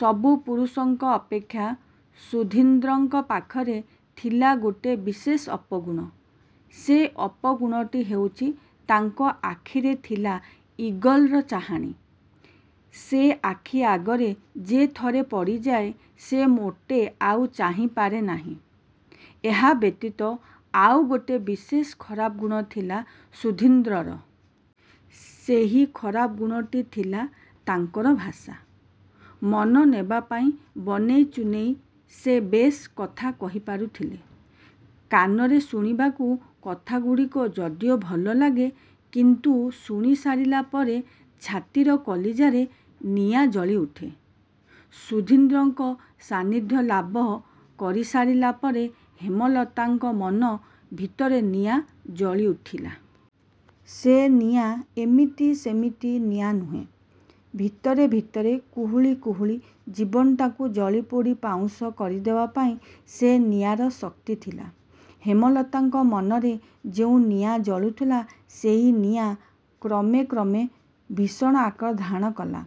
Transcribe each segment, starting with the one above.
ସବୁ ପୁରୁଷଙ୍କ ଅପେକ୍ଷା ସୁଧୀନ୍ଦ୍ରଙ୍କ ପାଖରେ ଥିଲା ଗୋଟାଏ ବିଶେଷ ଅପଗୁଣ। ସେ ଅପଗୁଣଟି ହେଉଛି ତାଙ୍କର ଆଖିରେ ଥିଲା ଇଗଲର ଚାହାଣି। ସେ ଆଖି ଆଗରେ ଯେ ଥରେ ପଡ଼ିଯାଏ ସେ ମୋଟେ ଆଉ ଯାଇପାରେ ନାହିଁ। ଏହା ବ୍ୟତୀତ ଆଉ ଗୋଟାଏ ବିଶେଷ ଖରାପ ଗୁଣ ଥିଲା ସୁଧୀନ୍ଦ୍ରର। ସେହି ଖରାପ ଗୁଣଟି ଥିଲା ତାଙ୍କର ଭାଷା। ମନ ନେବାପାଇଁ ବନେଇ ଚୁନେଇ ସେ ବେଶ୍ କଥା କହିପାରୁଥିଲେ। କାନରେ ଶୁଣିବାକୁ କଥାଗୁଡ଼ିକ ଯଦିଓ ଭଲଲାଗେ; କିନ୍ତୁ ଶୁଣିସାରିଲା ପରେ ଛାତିର କଳିଜାରେ ନିଆଁ ଜଳିଉଠେ। ସୁଧୀନ୍ଦ୍ରଙ୍କ ସାନିଧ୍ୟ ଲାଭ କରିସାରିଲା ପରେ ହେମଲତାଙ୍କ ମନ ଭିତରେ ନିଆଁ ଜଳିଉଠିଲା। ସେ ନିଆଁ ଏମିତି ସେମିତି ନିଆଁ ନୁହେଁ। ଭିତରେ ଭିତରେ କୁହୁଳି କୁହୁଳି ଜୀବନଟାକୁ ଜାଳିପୋଡ଼ି ପାଉଁଶ କରିଦେବା ପାଇଁ ସେ ନିଆଁର ଶକ୍ତି ଥିଲା। ହେମଲତାଙ୍କ ମନରେ ଯେଉଁ ନିଆଁ ଜଳୁଥିଲା, ସେହି ନିଆଁ କ୍ରମେ କ୍ରମେ ଭୀଷଣ ଆକାର ଧାରଣ କଲା।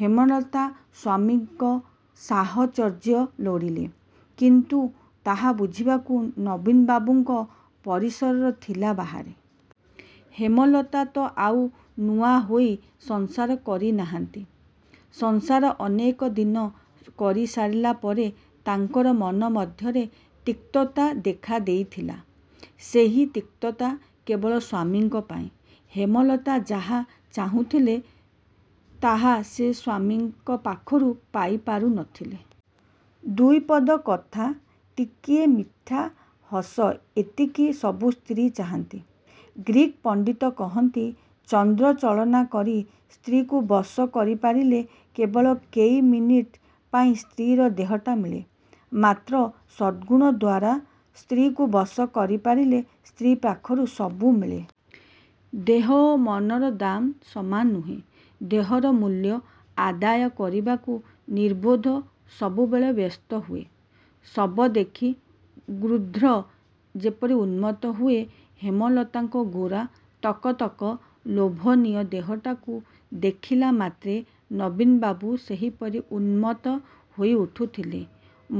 ହେମଲତା ସ୍ୱାମୀଙ୍କ ସାହଚର୍ଯ୍ୟ ଲୋଡ଼ିଲେ; କିନ୍ତୁ ତାହା ବୁଝିବାକୁ ନବୀନବାବୁଙ୍କ ପରିସରର ଥିଲା ବାହାରେ। ହେମଲତା ତ ଆଉ ନୂଆ ହୋଇ ସଂସାର କରି ନାହାନ୍ତି। ସଂସାର ଅନେକ ଦିନ କରିସାରିଲା ପରେ ତାଙ୍କର ମନ ମଧ୍ୟରେ ତିକ୍ତତା ଦେଖାଦେଇଥିଲା। ସେହି ତିକ୍ତତା କେବଳ ସ୍ୱାମୀଙ୍କ ପାଇଁ। ହେମଲତା ଯାହା ଚାହୁଁଥିଲେ, ତାହା ସେ ସ୍ୱାମୀଙ୍କ ପାଖରୁ ପାଇପାରୁ ନ ଥିଲେ। ଦୁଇପଦ କଥା, ଟିକିଏ ମିଠାହସ ଏତିକି ସବୁ ସ୍ତ୍ରୀ ଚାହାଁନ୍ତି। ଗ୍ରୀକ୍ ପଣ୍ଡିତ କହନ୍ତି, ଚନ୍ଦ୍ର ଚାଳନା କରି ସ୍ତ୍ରୀକୁ ବଶ କରିପାରିଲେ କେବଳ କେଇ ମିନିଟ୍ ପାଇଁ ସ୍ତ୍ରୀର ଦେହଟା ମିଳେ। ମାତ୍ର ସଦ୍ଗୁଣଦ୍ୱାରା ସ୍ତ୍ରୀକୁ ବଶ କରିପାରିଲେ ସ୍ତ୍ରୀ ପାଖରୁ ସବୁ ମିଳେ। ଦେହ ଓ ମନର ଦାମ ସମାନ ନୁହେଁ। ଦେହର ମୂଲ୍ୟ ଆଦାୟ କରିବାକୁ ନିର୍ବୋଧ ସବୁବେଳେ ବ୍ୟସ୍ତ ହୁଏ। ଶବ ଦେଖି ଗୃଧ୍ର ଯେପରି ଉନ୍ମତ୍ତ ହୁଏ, ହେମଲତାଙ୍କ ଗୋରା ତକତକ ଲୋଭନୀୟ ଦେହଟାକୁ ଦେଖିଲା ମାତ୍ରେ ନବୀନବାବୁ ସେହିପରି ମନ୍ମତ୍ତ ହୋଇଉଠୁଥିଲେ।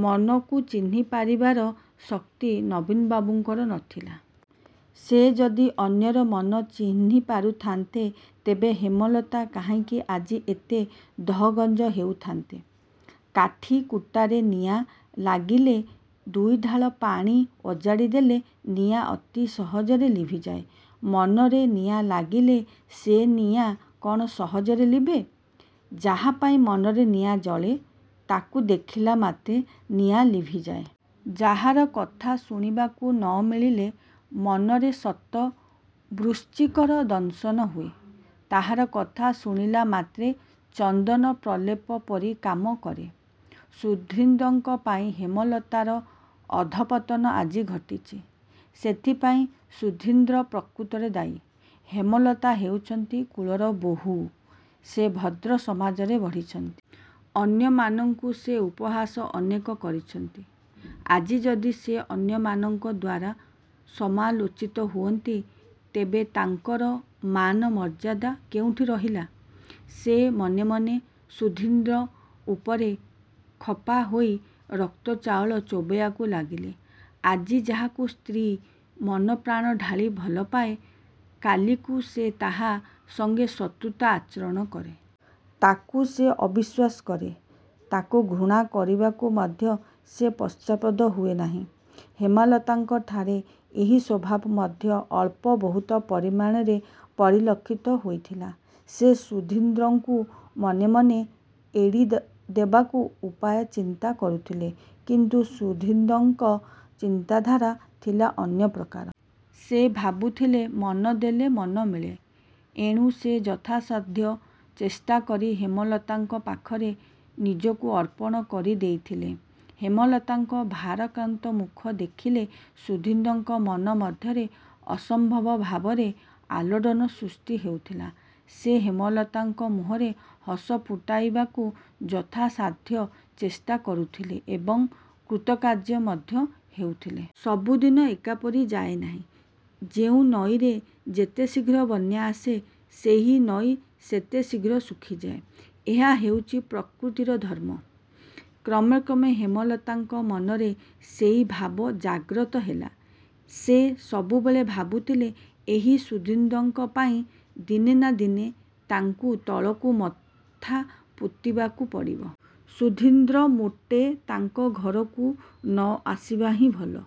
ମନକୁ ଚିହ୍ନିପାରିବାର ଶକ୍ତି ନବୀନବାବୁଙ୍କର ନ ଥିଲା। ସେ ଯଦି ଅନ୍ୟର ମନ ଚିହ୍ନି ପାରୁଥାନ୍ତେ, ତେବେ ହେମଲତା କାହିଁକି ଆଜି ଏତେ ଦହଗଞ୍ଜ ହେଉଥାନ୍ତେ। କାଠିକୁଟାରେ ନିଆଁ ଲାଗିଲେ ଦୁଇଢାଳ ପାଣି ଓଜାଡ଼ିଦେଲେ ନିଆଁ ଅତି ସହଜରେ ଲିଭିଯାଏ। ମନରେ ନିଆଁ ଲାଗିଲେ ସେ ନିଆଁ କ'ଣ ସହଜରେ ଲିଭେ? ଯାହାପାଇଁ ମନରେ ନିଆଁ ଜଳେ; ତାକୁ ଦେଖିଲା ମାତ୍ରେ ନିଆଁ ଲିଭିଯାଏ। ଯାହାର କଥା ଶୁଣିବାକୁ ନ ମିଳିଲେ ମନରେ ଶତ ବୃଶ୍ଚିକର ଦଂଶନ ହୁଏ, ତାହାର କଥା ଶୁଣିଲାମାତ୍ରେ ଚନ୍ଦନ ପ୍ରଲେପପରି କାମ କରେ। ସୁଧୀନ୍ଦ୍ରଙ୍କ ପାଇଁ ହେମଲତାର ଅଧଃପତନ ଆଜି ଘଟିଛି। ସେଥିପାଇଁ ସୁଧୀନ୍ଦ୍ର ପ୍ରକୃତରେ ଦାୟୀ। ହେମଲତା ହେଉଛନ୍ତି କୁଳର ବୋହୂ। ସେ ଭଦ୍ର ସମାଜରେ ବଢ଼ିଛନ୍ତି। ଅନ୍ୟମାନଙ୍କୁ ସେ ଉପହାସ ଅନେକ କରିଛନ୍ତି। ଆଜି ଯଦି ସେ ଅନ୍ୟମାନଙ୍କଦ୍ୱାରା ସମାଲୋଚିତ ହୁଅନ୍ତି, ତେବେ ତାଙ୍କର ମାନ, ମର୍ଯ୍ୟାଦା କେଉଁଠି ରହିଲା? ସେ ମନେମନେ ସୁଧୀନ୍ଦ୍ର ଉପରେ ଖପାହୋଇ ରକ୍ତଚାଉଳ ଚୋବାଇବାକୁ ଲାଗିଲେ। ଆଜି ଯାହାକୁ ସ୍ତ୍ରୀ ମନପ୍ରାଣ ଢାଳି ଭଲପାଏ, କାଲିକୁ ସେ ତାହା ସଙ୍ଗେ ଶତ୍ରୁତା ଆଚରଣ କରେ। ତାକୁ ସେ ଅବିଶ୍ୱାସ କରେ। ତାକୁ ଘୃଣା କରିବାକୁ ମଧ୍ୟ ସେ ପଶ୍ଚାତ୍ପଦ ହୁଏ ନାହିଁ। ହେମଲତାଙ୍କଠାରେ ଏହି ସ୍ୱଭାବ ମଧ୍ୟ ଅଳ୍ପ ବହୁତ ପରିମାଣରେ ପରିଲକ୍ଷିତ ହୋଇଥିଲା। ସେ ସୁଧୀନ୍ଦ୍ରକୁ ମନେମନେ ଏଡ଼ିଦେବାକୁ ଉପାୟ ଚିନ୍ତା କରୁଥିଲେ। କିନ୍ତୁ ସୁଧୀନ୍ଦ୍ରଙ୍କର ଚିନ୍ତାଧାରା ଥିଲା ଅନ୍ୟପ୍ରକାର। ସେ ଭାବୁଥିଲେ ମନ ଦେଲେ ମନ ମିଳେ। ଏଣୁ ସେ ଯଥାସାଧ୍ୟ ଚେଷ୍ଟାକରି ହେମଲତାଙ୍କ ପାଖରେ ନିଜକୁ ଅର୍ପଣ କରିଦେଇଥିଲେ। ହେମଲତାଙ୍କ ଭାରାକ୍ରାନ୍ତ ମୁଖ ଦେଖିଲେ ସୁଧୀନ୍ଦ୍ରଙ୍କ ମନ ମଧ୍ୟରେ ଅସମ୍ଭବ ଭାବରେ ଆଲୋଡ଼ନ ସୃଷ୍ଟି ହେଉଥିଲା। ସେ ହେମଲତାଙ୍କ ମୁହଁରେ ହସଫୁଟାଇବାକୁ ଯଥାସାଧ୍ୟ ଚେଷ୍ଟା କରୁଥିଲେ ଏବଂ କୃତକାର୍ଯ୍ୟ ମଧ୍ୟ ହେଉଥିଲେ। ସବୁଦିନ ଏକାପରି ଯାଏନାହିଁ। ଯେଉଁ ନଈରେ ଯେତେ ଶୀଘ୍ର ବନ୍ୟା ଆସେ, ସେହି ନଈ ସେତେ ଶୀଘ୍ର ଶୁଖିଯାଏ। ଏହା ହେଉଛି ପ୍ରକୃତିର ଧର୍ମ। କ୍ରମେ କ୍ରମେ ହେମଲତାଙ୍କ ମନରେ ସେହି ଭାବ ଜାଗ୍ରତ ହେଲା। ସେ ସବୁବେଳେ ଭାବୁଥିଲେ ଏହି ସୁଧୀନ୍ଦ୍ର ପାଇଁ ଦିନେ ନା ଦିନେ ତାଙ୍କୁ ତଳକୁ ମଥା ପୋତିବାକୁ ପଡ଼ିବ। ସୁଧୀନ୍ଦ୍ର ମୋଟେ ତାଙ୍କ ଘରକୁ ନ ଆସିବା ହିଁ ଭଲ।